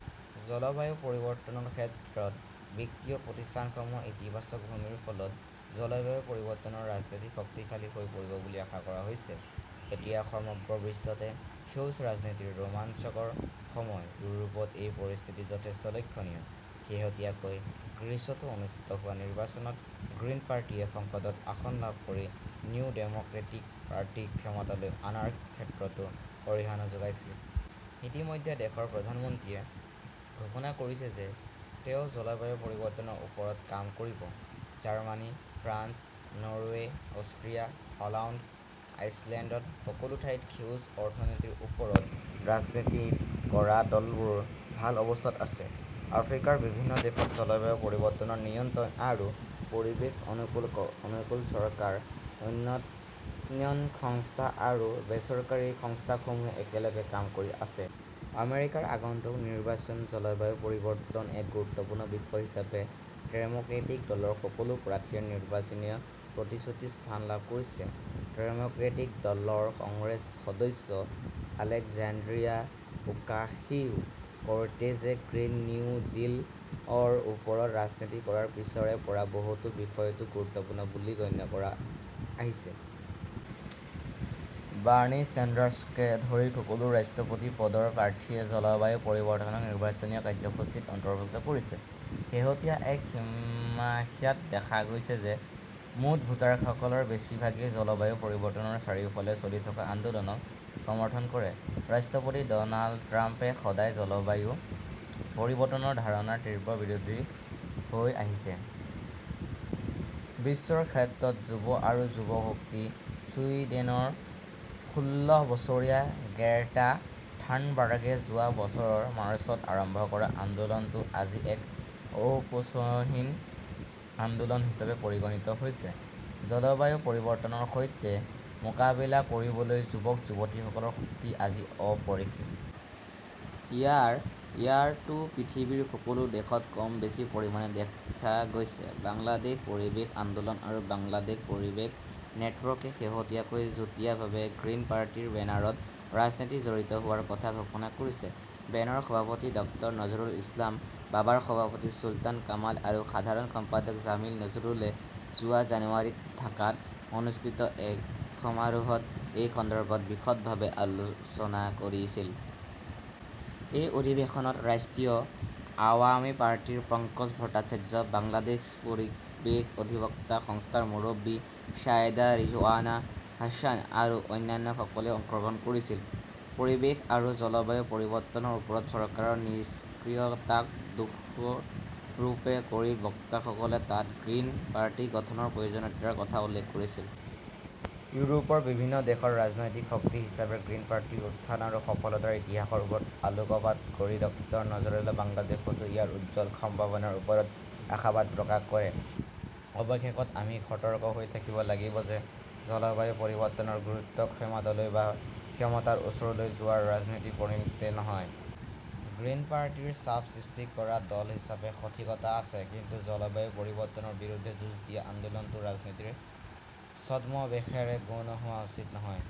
জলবায়ু পৰিৱৰ্তনৰ ক্ষেত্ৰত বিত্তীয় প্ৰতিষ্ঠানসমূহৰ ইতিবাচক ভূমিকাৰ ফলত জলবায়ু পৰিৱৰ্তনৰ ৰাজনীতি শক্তিশালী হৈ পৰিব বুলি আশা কৰা হৈছে। এতিয়া সমগ্ৰ বিশ্বতে 'সেউজ 'ৰাজনীতিৰ ৰোমাঞ্চকৰ সময়। ইউৰোপত এই পৰিস্থিতি যথেষ্ট লক্ষণীয়। শেহতীয়াকৈ গ্ৰীচতো অনুষ্ঠিত হোৱা নিৰ্বাচনত গ্ৰীণ পাৰ্টিয়ে সংসদত আসন লাভ কৰি নিউ ডেম'ক্ৰেটিক পাৰ্টিক ক্ষমতালৈ অনাৰ ক্ষেত্ৰতো অৰিহণা যোগাইছিল। ইতিমধ্যে দেশৰ প্ৰধানমন্ত্ৰীয়ে ঘোষণা কৰিছে যে তেওঁ জলবায়ু পৰিৱৰ্তনৰ ওপৰত কাম কৰিব। Germany, France, Norway, Austria, Holland, আইচলেণ্ডত সকলো ঠাইতে সেউজ অৰ্থনীতিৰ ওপৰত ৰাজনীতি কৰা দলবোৰ ভাল অৱস্থাত আছে। আফ্ৰিকাৰ বিভিন্ন দেশত জলবায়ু পৰিৱৰ্তন নিয়ন্ত্ৰণ আৰু পৰিৱেশ অনুকূল চৰকাৰ, উন্নয়ন সংস্থা আৰু বেচৰকাৰী সংস্থাসমূহেও একেলগে কাম কৰি আছে। আমেৰিকাৰ আগন্তুক নিৰ্বাচনত জলবায়ু পৰিৱৰ্তন এক গুৰুত্বপূৰ্ণ বিষয় হিচাপে ডেম'ক্ৰেটিক দলৰ সকলো প্ৰাৰ্থীয়ে নিৰ্বাচনী প্ৰতিশ্ৰুতিত স্থান লাভ কৰিছে। ডেম'ক্ৰেটিক দলৰ কংগ্ৰেছ সদস্য আলেকজান্দ্ৰিয়া ওকাসিঅ"-কৰ্টেজে 'গ্ৰীণ নিউ ডিল 'ৰ ওপৰত ৰাজনীতি কৰাৰ পিছৰে পৰা বহুতে বিষয়টো গুৰুত্বপূৰ্ণ বুলি গণ্য কৰি আহিছে। বাৰ্নী ছেণ্ডাৰ্ছকে ধৰি সকলো ৰাষ্ট্ৰপতি পদৰ প্ৰাৰ্থীয়ে জলবায়ু পৰিৱৰ্তনক নিৰ্বাচনী কাৰ্যসূচীত অন্তৰ্ভুক্ত কৰিছে। শেহতীয়া এক সমীক্ষাত দেখা গৈছে যে মুঠ ভোটাৰসকলৰ বেছিভাগেই জলবায়ু পৰিৱৰ্তনৰ চাৰিওফালে চলি থকা আন্দোলনক সমৰ্থন কৰে। ৰাষ্ট্ৰপতি ড 'নাল্ড ট্ৰাম্পে সদায় জলবায়ু পৰিৱৰ্তনৰ ধাৰণাৰ তীব্ৰ বিৰোধী হৈ আহিছে। বিশ্বৰ ক্ষেত্ৰত যুৱ আৰু যুৱ শক্তি ছুইডেনৰ ষোল্ল বছৰীয়া গ্ৰেটা থানবাৰ্গে যোৱা বছৰৰ মাৰ্চত আৰম্ভ কৰা আন্দোলনটো আজি এক আপোচহীন আন্দোলন হিচাপে পৰিগণিত হৈছে। জলবায়ু পৰিৱৰ্তনৰ সৈতে মোকাবিলা কৰিবলৈ যুৱক-যুৱতীসকলৰ শক্তি আজি অপৰিসীম। ইয়াৰ ঢৌ পৃথিৱীৰ সকলো দেশত কম বেছি পৰিমাণে দেখা গৈছে। বাংলাদেশ পৰিৱেশ আন্দোলন আৰু বাংলাদেশ পৰিৱেশ নেটৱৰ্কে শেহতীয়াকৈ যুটীয়াভাৱে গ্ৰীণ পাৰ্টিৰ বেনাৰত ৰাজনীতিত জড়িত হোৱাৰ কথা ঘোষণা কৰিছে। বেনৰ সভাপতি ডক্টৰ নজৰুল ইছলাম, বাবাৰ সভাপতি চুলতান কামাল আৰু সাধাৰণ সম্পাদক জামিল নজৰুলে যোৱা জানুৱাৰীত ঢাকাত অনুষ্ঠিত এক সমাৰোহত এই সন্দৰ্ভত বিশদভাৱে আলোচনা কৰিছিল। এই অধিৱেশনত ৰাষ্ট্ৰীয় আৱামী পাৰ্টিৰ পঙ্কজ ভট্টাচাৰ্য, বাংলাদেশ পৰিৱেশ অধিবক্তা সংস্থাৰ মুৰব্বী ছায়েদা ৰিজৱানা হাছান আৰু অন্যান্যসকলে অংশগ্ৰহণ কৰিছিল। পৰিৱেশ আৰু জলবায়ু পৰিৱৰ্তনৰ ওপৰত চৰকাৰৰ নিষ্ক্ৰিয়তাক দোষাৰোপ কৰি বক্তাসকলে তাত গ্ৰীণ পাৰ্টি গঠনৰ প্ৰয়োজনীয়তাৰ কথা উল্লেখ কৰিছিল। ইউৰোপৰ বিভিন্ন দেশত ৰাজনৈতিক শক্তি হিচাপে গ্ৰীণ পাৰ্টিৰ উত্থান আৰু সফলতাৰ ইতিহাসৰ ওপৰত আলোকপাত কৰি ডক্টৰ নজৰুলে বাংলাদেশতো ইয়াৰ উজ্জ্বল সম্ভাৱনাৰ ওপৰত আশাবাদ প্ৰকাশ কৰে। অৱশেষত, আমি সতৰ্ক হৈ থাকিব লাগিব যে জলবায়ু পৰিৱৰ্তনৰ গুৰুত্ব ক্ষমতালৈ বা ক্ষমতাৰ ওচৰলৈ যোৱাৰ ৰাজনীতিত পৰিণত নহয়। গ্ৰীণ পাৰ্টিৰ চাপ সৃষ্টি কৰা দল হিচাপে সঠিকতা আছে। কিন্তু জলবায়ু পৰিৱৰ্তনৰ বিৰুদ্ধে যুঁজ দিয়া আন্দোলনটো ৰাজনীতিৰ ছদ্মবেশেৰে গৌণ হোৱা উচিত নহয়।